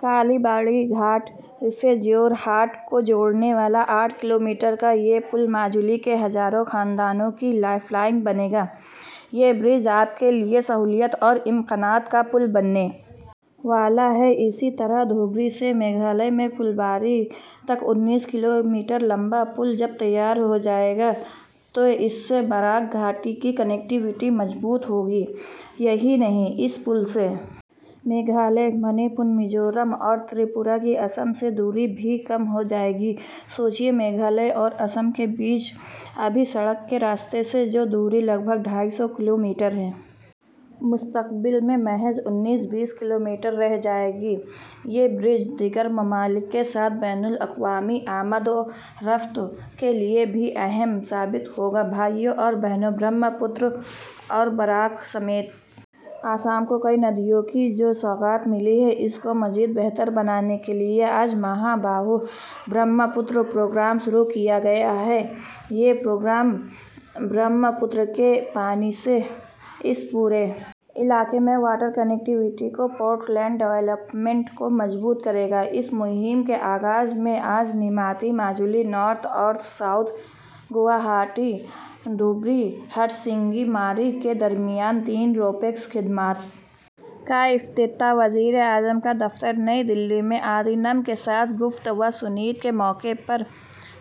کالی باڑی گھاٹ سے جورہاٹ کو جوڑنے والا آٹھ کلومیٹر کا یہ پل ماجولی کے ہزاروں خاندانوں کی لائف لائن بنے گا یہ برج آپ کے لیے سہولت اور امکانات کا پل بننے والا ہے اسی طرح ڈھبری سے میگھالیہ میں پھلباری تک انیس کلومیٹر لمبا پل جب تیار ہو جائے گا تو اس سے براک گھاٹی کی کنکٹیویٹی مضبوط ہوگی یہی نہیں اس پل سے میگھالیہ منی پور میزورم اور تریپورہ کی آسام سے دوری بھی کم ہو جائے گی سوچیے میگھالیہ اور آسام کے درمیان ابھی سڑک کے راستے سے جو دوری تقریباً ڈھائی سو کلومیٹر ہے مستقبل میں محض انیس بیس کلومیٹر رہ جائے گی یہ برج دیگر ممالک کے ساتھ بین الاقوامی آمد و رفت کے لیے بھی اہم ثابت ہوگا بھائیو اور بہنو برہمپتر اور براک سمیت آسام کو کئی ندیوں کی جو سوغات ملی ہے اس کو مزید بہتر بنانے کے لیے آج مہا باہو برہمپتر پروگرام شروع کیا گیا ہے یہ پروگرام برہمپتر کے پانی سے اس پورے علاقے میں واٹر کنکٹیویٹی کو پورٹ لیڈ ڈیولپمنٹ کو مضبوط کرے گا اس مہم کے آغاز میں آج نیماتی ماجولی نارتھ اور ساؤتھ گوہاٹی ڈھبری تسنگی ماری کے درمیان تین رو پیکس خدمات کا افتتاح وزیراعظم کا دفتر نئی دہلی میں آدینم کے ساتھ گفت و شنید کے موقع پر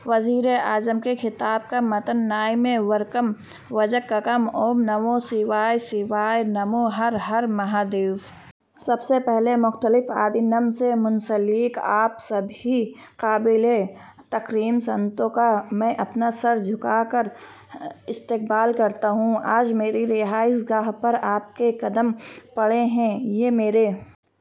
وزیراعظم کے خطاب کا متن ناینے ورکم وڑککم اوم نمو شوائے شوائے نمو ہر ہر مہادیو سب سے پہلے مختلف آدینم سے منسلک آپ سبھی قابل تکریم سنتوں کا میں اپنا سر جھکا کر استقبال کرتا ہوں آج میری رہائش گاہ پر آپ کے قدم پڑے ہیں یہ میرے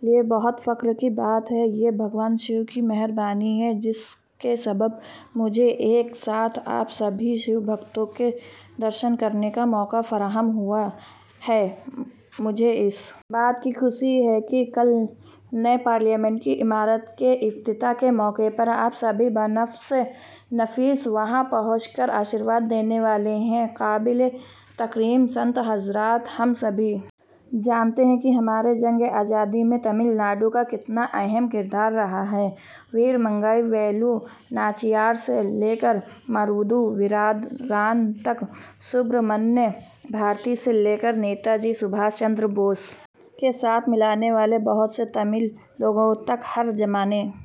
لیے بہت ہی فخر کی بات ہے یہ بھگوان شیو کی مہربانی ہے جس کے سبب مجھے ایک ساتھ آپ سبھی شیو بھکتوں کے درشن کرنے کا موقع فراہم ہوا ہے مجھے اس بات کی خوشی ہے کہ کل نئے پارلیمنٹ کی عمارت کے افتتاح کے موقع پر آپ سبھی بہ نفس نفیس وہاں پہنچ کر آشیرواد دینے والے ہیں قابل تکریم سنت حضرات ہم سبھی جانتے ہیں کہ ہماری جنگ آزادی میں تمل ناڈو کا کتنا اہم کردار رہا ہے ویرمنگئی ویلو ناچیار سے لے کر مرودو برادران تک سبرامنیہ بھارتی سے لے کر نیتاجی سبھاش چندر بوس کے ساتھ ہاتھ ملانے والے بہت سے تمل لوگوں تک ہر زمانے